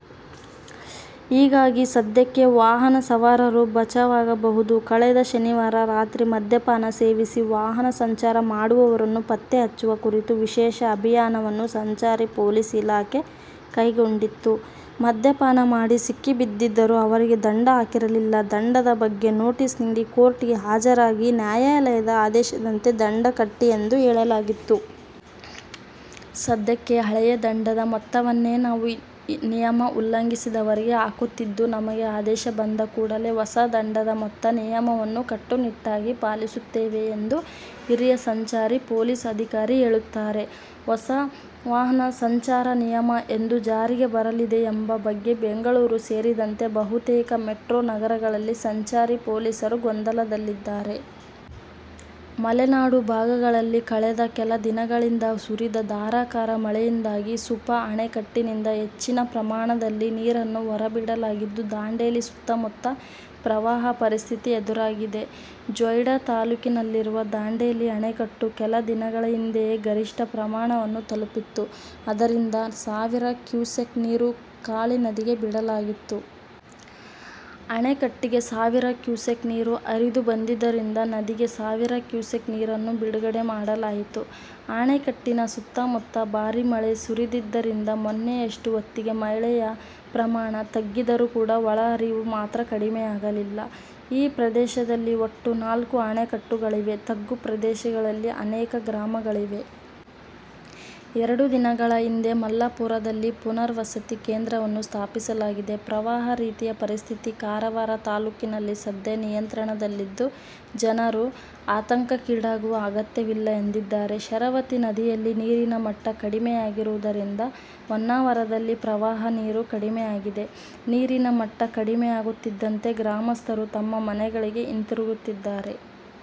ಹೀಗಾಗಿ ಸದ್ಯಕ್ಕೆ ವಾಹನ ಸವಾರರು ಬಚಾವಾಗಬಹುದು. ಕಳೆದ ಶನಿವಾರ ರಾತ್ರಿ ಮದ್ಯಪಾನ ಸೇವಿಸಿ ವಾಹನ ಸಂಚಾರ ಮಾಡುವವರನ್ನು ಪತ್ತೆಹಚ್ಚುವ ಕುರಿತು ವಿಶೇಷ ಅಭಿಯಾನವನ್ನು ಸಂಚಾರಿ ಪೊಲೀಸ್ ಇಲಾಖೆ ಕೈಗೊಂಡಿತ್ತು. ಮದ್ಯಪಾನ ಮಾಡಿ ಸಿಕ್ಕಿಬಿದ್ದಿದ್ದರೂ ಅವರಿಗೆ ದಂಡ ಹಾಕಿರಲಿಲ್ಲ. ದಂಡದ ಬಗ್ಗೆ ನೊಟೀಸ್ ನೀಡಿ ಕೋರ್ಟ್ ಗೆ ಹಾಜರಾಗಿ ನ್ಯಾಯಾಲಯದ ಆದೇಶದಂತೆ ದಂಡ ಕಟ್ಟಿ ಎಂದು ಹೇಳಲಾಗಿತ್ತು. ಸದ್ಯಕ್ಕೆ ಹಳೆಯ ದಂಡದ ಮೊತ್ತವನ್ನೇ ನಾವು ನಿಯಮ ಉಲ್ಲಂಘಿಸಿದವರಿಗೆ ಹಾಕುತ್ತಿದ್ದು ನಮಗೆ ಆದೇಶ ಬಂದ ಕೂಡಲೇ ಹೊಸ ದಂಡದ ಮೊತ್ತ ನಿಯಮವನ್ನು ಕಟ್ಟುನಿಟ್ಟಾಗಿ ಪಾಲಿಸುತ್ತೇವೆ ಎಂದು ಹಿರಿಯ ಸಂಚಾರಿ ಪೊಲೀಸ್ ಅಧಿಕಾರಿ ಹೇಳುತ್ತಾರೆ. ಹೊಸ ವಾಹನ ಸಂಚಾರ ನಿಯಮ ಎಂದು ಜಾರಿಗೆ ಬರಲಿದೆ ಎಂಬ ಬಗ್ಗೆ ಬೆಂಗಳೂರು ಸೇರಿದಂತೆ ಬಹುತೇಕ ಮೆಟ್ರೊ ನಗರಗಳಲ್ಲಿ ಸಂಚಾರಿ ಪೊಲೀಸರು ಗೊಂದಲದಲ್ಲಿದ್ದಾರೆ. ಮಲೆನಾಡು ಭಾಗಗಳಲ್ಲಿ ಕಳೆದ ಕೆಲ ದಿನಗಳಿಂದ ಸುರಿದ ಧಾರಾಕಾರ ಮಳೆಯಿಂದಾಗಿ ಸುಪಾ ಅಣೆಕಟ್ಟಿನಿಂದ ಹೆಚ್ಚಿನ ಪ್ರಮಾಣದಲ್ಲಿ ನೀರನ್ನು ಹೊರಬಿಡಲಾಗಿದ್ದು ದಾಂಡೇಲಿ ಸುತ್ತಮುತ್ತ ಪ್ರವಾಹ ಪರಿಸ್ಥಿತಿ ಎದುರಾಗಿದೆ. ಜೊಯ್ಡಾ ತಾಲ್ಲೂಕಿನಲ್ಲಿರುವ ದಾಂಡೇಲಿ ಅಣೆಕಟ್ಟು ಕೆಲ ದಿನಗಳ ಹಿಂದೆಯೇ ಗರಿಷ್ಠ ಪ್ರಮಾಣವನ್ನು ತಲುಪಿತ್ತು. ಅದರಿಂದ ಸಾವಿರ ಕ್ಯೂಸೆಕ್ ನೀರು ಕಾಳಿ ನದಿಗೆ ಬಿಡಲಾಗಿತ್ತು. ಅಣೆಕಟ್ಟಿಗೆ ಸಾವಿರ ಕ್ಯೂಸೆಕ್ ನೀರು ಹರಿದುಬಂದಿದ್ದರಿಂದ ನದಿಗೆ ಸಾವಿರ ಕ್ಯೂಸೆಕ್ ನೀರನ್ನು ಬಿಡುಗಡೆ ಮಾಡಲಾಯಿತು. ಅಣೆಕಟ್ಟಿನ ಸುತ್ತಮುತ್ತ ಭಾರೀ ಮಳೆ ಸುರಿದಿದ್ದರಿಂದ ಮೊನ್ನೆಯಷ್ಟು ಹೊತ್ತಿಗೆ ಮಳೆಯ ಪ್ರಮಾಣ ತಗ್ಗಿದರೂ ಕೂಡ ಒಳಹರಿವು ಮಾತ್ರ ಕಡಿಮೆಯಾಗಲಿಲ್ಲ. ಈ ಪ್ರದೇಶದಲ್ಲಿ ಒಟ್ಟು ನಾಲ್ಕು ಅಣೆಕಟ್ಟುಗಳಿವೆ. ತಗ್ಗು ಪ್ರದೇಶಗಳಲ್ಲಿ ಅನೇಕ ಗ್ರಾಮಗಳಿವೆ. ಎರಡು ದಿನಗಳ ಹಿಂದೆ ಮಲ್ಲಪುರದಲ್ಲಿ ಪುನರ್ವಸತಿ ಕೇಂದ್ರವನ್ನು ಸ್ಥಾಪಿಸಲಾಗಿದೆ. ಪ್ರವಾಹ ರೀತಿಯ ಪರಿಸ್ಥಿತಿ ಕಾರವಾರ ತಾಲ್ಲೂಕಿನಲ್ಲಿ ಸದ್ಯ ನಿಯಂತ್ರಣದಲ್ಲಿದ್ದು ಜನರು ಆತಂಕಕ್ಕೀಡಾಗುವ ಅಗತ್ಯವಿಲ್ಲ ಎಂದಿದ್ದಾರೆ. ಶರಾವತಿ ನದಿಯಲ್ಲಿ ನೀರಿನ ಮಟ್ಟ ಕಡಿಮೆಯಾಗಿರುವುದರಿಂದ ಹೊನ್ನಾವರದಲ್ಲಿ ಪ್ರವಾಹ ನೀರು ಕಡಿಮೆಯಾಗಿದೆ. ನೀರಿನ ಮಟ್ಟ ಕಡಿಮೆಯಾಗುತ್ತಿದ್ದಂತೆ ಗ್ರಾಮಸ್ಥರು ತಮ್ಮ ಮನೆಗಳಿಗೆ ಹಿಂತಿರುಗುತ್ತಿದ್ದಾರೆ.